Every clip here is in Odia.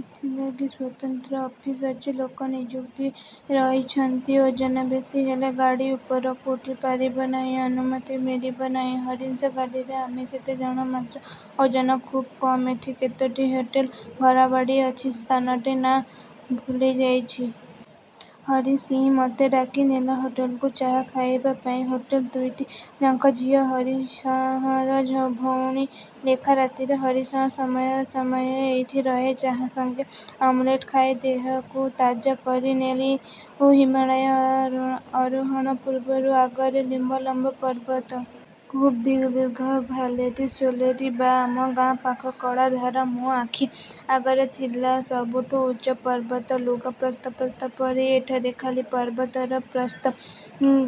ଏଥିଲାଗି ସ୍ୱତନ୍ତ୍ର ଅଫିସ୍ ଅଛି–ଲୋକ ନିଯୁକ୍ତ ରହିଛନ୍ତି। ଓଜନ ବେଶୀ ହେଲେ ଗାଡ଼ି ଉପରକୁ ଉଠି ପାରିବ ନାହିଁ। ଅନୁମତି ମିଳିବ ନାହିଁ। ହରିସିଂ ଗାଡ଼ିରେ ଆମେ କେତେଜଣ ମାତ୍ର। ଓଜନ ଖୁବ୍ କମ୍। ଏଇଠି କତୋଟି ହୋଟେଲ, ଘରବାଡ଼ି ଅଛି। ସ୍ଥାନଟି ନା ଭୂଲିଯାଇଛି। ହରି ସିଂ ମତେ ଡାକିନେଲା ହୋଟେଲକୁ ଚାହା ଖାଇବା ପାଇଁ। ହାଟେଲରେ ଦୁଇଟି ଯୁବତୀ ଝିଅ ହରିସିଂର ଭଉଣୀ ଲେଖା। ରାତିରେ ହରିସିଂ ସମୟେ ସମୟେ ଏଇଠି ରହେ। ଚାହା ସଙ୍ଗେ ଆମଲେଟ ଖାଇ ଦେହକୁ ତାଜା କରିନେଲୁ ହିମାଳୟ ଆରୋହଣ ପୂର୍ବରୁ। ଆଗରେ ଲମ୍ବା ଲମ୍ବା ପର୍ବତ। ଖୁବ୍ ଦୀର୍ଘ–ଭାଲେରୀ ସୋଲରୀ ବା ଆମ ଗାଁ ପାଖ କଳାଧାର ମୋ ଆଖି ଆଗରେ ଥିଲା ସବୁଠୁ ଉଚ୍ଚ ପର୍ବତ। ଲୁଗା ପ୍ରସ୍ତ ପ୍ରସ୍ତ ପରି ଏଠାରେ ଖାଲି ପର୍ବତର ପ୍ରସ୍ତ।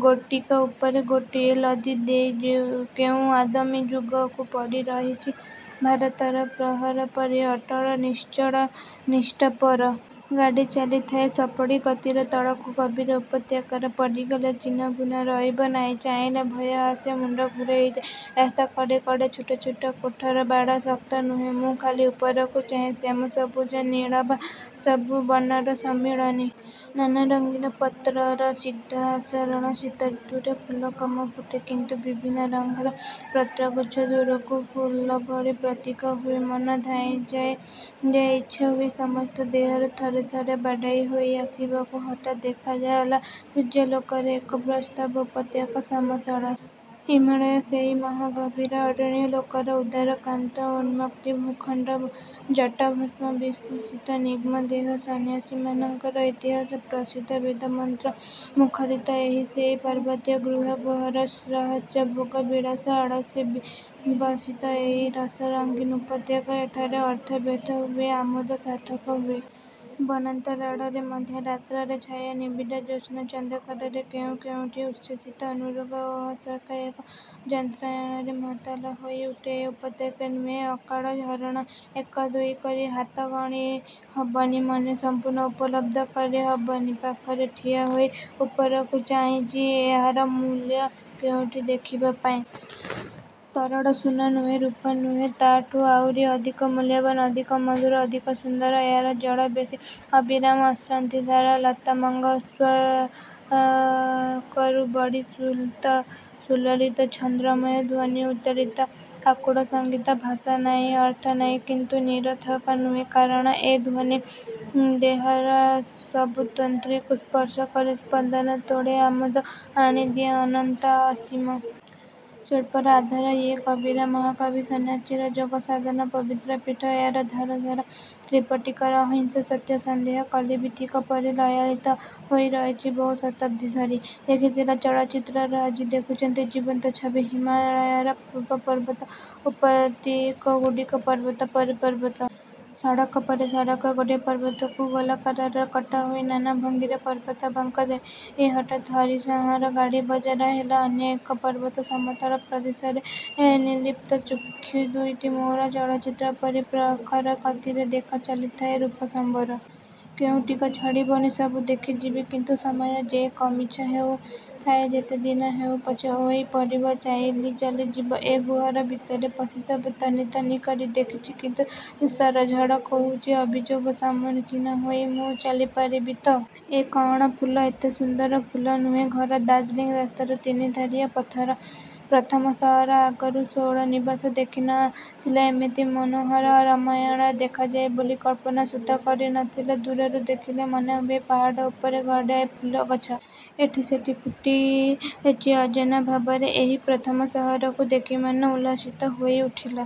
ଗୋଟିକ ଉପରେ ଗୋଟିଏ ଲଦି ହୋଇ କେଉଁ ଆଦିମ ଯୁଗରୁ ପଡ଼ି ରହିଛନ୍ତି ଭାରତର ପ୍ରହରୀ ପରି ଅଟଳ, ନିଶ୍ଚଳ, ନିଷ୍ଠାପର। ଗାଡ଼ି ଚାଲିଥାଏ ସର୍ପିଳ ଗତିରେ। ତଳକୁ ଗଭୀର ଉପତ୍ୟକା। ପଡ଼ିଗଲେ ଚିହ୍ନବର୍ଣ୍ଣ ରହିବ ନାହିଁ। ଚାହିଁଲେ ଭୟ ଆସେ। ମୁଣ୍ଡ ଘୂରେଇ ଯାଏ। ରାସ୍ତା କଡ଼େ କଡ଼େ ଛୋଟ ଛୋଟ କାଠର ବାଡ଼–ଶକ୍ତ ନୁହେଁ। ମୁଁ ଖାଲି ଉପରକୁ ଚାହେଁ। ଶ୍ୟାମ ସବୁଜ ନୀଳାଭ–ସବୁ ବର୍ଣ୍ଣର ସମ୍ମିଳନୀ। ନାନା ରଙ୍ଗୀନ ପତ୍ରର ସ୍ନିଗ୍ଧ ଆସ୍ତରଣ। ଶୀତ ଋତୁରେ ଫୁଲ କମ୍ ଫୁଟେ। କିନ୍ତୁ ବିଭିନ୍ନ ରଙ୍ଗର ପତ୍ରଗୁଚ୍ଛ ଦୂରରୁ ଫୁଲଭଳି ପ୍ରତୀତ ହୁଏ। ମନ ଧାଇଁଯାଏ, ଇଚ୍ଛାହୁଏ। ସମସ୍ତଙ୍କ ଦେହରେ ଥରେ ଥରେ ବାଡ଼େଇ ହୋଇ ଆସିବାକୁ। ହଠାତ୍ ଦେଖାଗଲା ସୂର୍ଯ୍ୟାଲୋକରେ ଏକ ପ୍ରଶସ୍ତ ଉପତ୍ୟକା–ସମତଳ। ହିମାଳୟର ସେଇ ମହାଗମ୍ଭୀର ଅରଣ୍ୟଲୋକର ଉଦାର କାନ୍ତ। ଉନ୍ମୁକ୍ତ ଭୂଖଣ୍ଡ। ଜଟାଭସ୍ମ ବିଭୂଷିତ ନଗ୍ନଦେହ, ସନ୍ୟାସୀମାନଙ୍କର ଇତିହାସ ପ୍ରସିଦ୍ଧ ବେଦମନ୍ତ୍ର ମୁଖରିତ ଏହି ସେହି ପାର୍ବତ୍ୟ ଗୁହା ଗହ୍ୱର। ସହସ୍ର ଭୋଗ ବିଳାସ, ଆଳସ୍ୟରେ ବିବଶ ଏହି ରସରଙ୍ଗୀନ୍ ଉପତ୍ୟତା। ଏଠାରେ ଅର୍ଥ ବ୍ୟର୍ଥ ହୁଏ–ଆମୋଦ ସାର୍ଥକ ହୁଏ। ବନାନ୍ତରାଳରେ ମଧ୍ୟ ରାତ୍ରିରେ ଛାୟା ନିବିଡ଼ ଜ୍ୟେସ୍ନା ଚନ୍ଦ୍ରିକାରେ କେଉଁ କେଉଁଠି ଉଚ୍ଛ୍ୱସିତ ଅନୁରାଗ ଓ ଅସହନୀୟ ଯନ୍ତ୍ରଣାରେ ମାତାଲ ହୋଇ ଉଠେ। ଏ ଉପତ୍ୟକା ନୁହେଁ–ଅଳକା। ଝରଣା! ଏକ ଦୁଇ କରି ହାତରେ ଗଣି ହେବନି; ମନରେ ସମ୍ପୂର୍ଣ୍ଣ ଉପଲବ୍ଧି କରି ହେବନି। ପାଖରେ ଠିଆ ହୋଇ ଉପରକୁ ଚାହିଁଚି–ଏହାର ମୂଳ କେଉଁଠି ଦେଖିବା ପାଇଁ। ତରଳ ସୁନା ନୁହେଁ–ରୂପା ନୁହେଁ, ତାଠୁ ଆହୁରି ଅଧିକ ମୂଳ୍ୟବାନ୍। ଅଧିକ ମଧୁର, ଅଧିକ ସୁନ୍ଦର ଏହାର ଜଳବେଶୀ। ଅବିରାମ ଅଶ୍ରାନ୍ତ ଧାରା। ଲତାମଙ୍ଗସେକରଠୁ ବଳି ସୁଲଳିତ ଛନ୍ଦମୟ ଧ୍ୱନି-। ଉଦ୍ବେଳ ଆକୁଳ ସଙ୍ଗୀତ–ଭାଷା ନାହିଁ, ଅର୍ଥ ନାହିଁ, କିନ୍ତୁ ନିରର୍ଥକ ନୁହେଁ; କାରଣ ଏ ଧ୍ୱନି ଦେହର ସବୁ ତନ୍ତ୍ରୀକୁ ସ୍ପର୍ଶକରେ, ସ୍ପନ୍ଦନ ତୋଳେ, ଆମୋଦ ଆଣିଦିଏ–ଅନନ୍ତ ଅସୀମ। ଶିଳ୍ପୀର ଆଧାର ଇଏ, କବିର ମହାକାବ୍ୟ–ସନ୍ନ୍ୟାସୀର ଯୋଗ ସାଧନାର ପବିତ୍ର ପୀଠ। ଏହାର ଧାର ଧାର ତ୍ରିପିଟକର ଅହିଂସା-ସତ୍ୟ ସନ୍ଦେଶ କଲ୍ଲୀବିଥିକା ପରି ଲତାୟିତ ହୋଇ ରହିଛି ବହୁ ଶତାବ୍ଦୀ ଧରି। ଦେଖିଥିଲି ଚଳଚିତ୍ରରେ ଆଜି ଦେଖୁଚି ଜୀବନ୍ତ ଛବି–ହିମାଳୟର ପୂତ ପବିତ୍ର ଉପବୀତଗୁଡ଼ିକୁ। ପର୍ବତ ପରେ ପର୍ବତ। ସଡ଼କ ପରେ ସଡ଼କ। ଗୋଟିଏ ପର୍ବତକୁ ଗୋଲାକାରରେ କଟା ହୋଇଛି ନାନାଭଙ୍ଗୀରେ। ପର୍ବତ ବାଙ୍କ ଦେଇ ହଠାତ୍ ହରିସିଂର ଗାଡ଼ି ହାଜର ହେଲା ଅନ୍ୟ ଏକ ପର୍ବତର ସମତଳ ପ୍ରଦେଶରେ। ନିର୍ଲିପ୍ତ ଚକ୍ଷୁ ଦୁଇଟି ମୋର ଚଳଚିତ୍ର ପରି ପ୍ରଖରଗତିରେ ଦେଖି ଚାଲିଥାଏ ରୂପ ସମ୍ଭାର। କେଉଁଟିକି ଛାଡ଼ିବନି–ସବୁ ଦେଖିଯିବି, କିନ୍ତୁ ସମୟ ଯେ କମ୍। ଇଚ୍ଛା ହେଉଥାଏ ଯେତେ ଦିନ ହେଉପଛେ ଓହ୍ଲେଇ ପଡ଼ିବି–ଚାଲି ଚାଲି ଯିବି–ଏ ଗହ୍ୱର ଭିତରେ ପଶି ସବୁ ତନ୍ନ ତନ୍ନ କରି ଦେଖିଛି। କିନ୍ତୁ ତୁଷାରଝଡ଼ କୁହୁଡ଼ି ଅଭିଯାନକୁ ସମ୍ମୁଖୀନ ହୋଇ ମୁଁ ଚାଲି ପାରିବି ତ? ଏ କ'ଣ? ଫୁଲ? ଏତେ ସୁନ୍ଦର! ଫୁଲ ନୁହେଁ–ଘର। ଦାର୍ଜିଲିଂ ରାସ୍ତାରେ ତିନିଧାରିଆ ପ୍ରଥମ ସହର। ଆଗରୁ ଶୈଳନିବାସ ଦେଖି ନ ଥିଲି। ଏମିତି ମନୋହର ରମଣୀୟ ଦେଖାଯାଏ ବୋଲି କଳ୍ପନା ସୁଦ୍ଧା କରି ନଥିଲି। ଦୂରରୁ ଦେଖିଲେ ମନେହୁଏ ପାହାଡ଼ ଉପରେ ଗୁଡ଼ିଏ ଫୁଲଗଛ। ଏଠି ସେଠି ଫୁଟିଚି ଅଯତ୍ନ ଭାବରେ। ଏହି ପ୍ରଥମ ସହରକୁ ଦେଖ ମନ ଉଲ୍ଲସିତ ହୋଇ ଉଠିଲା।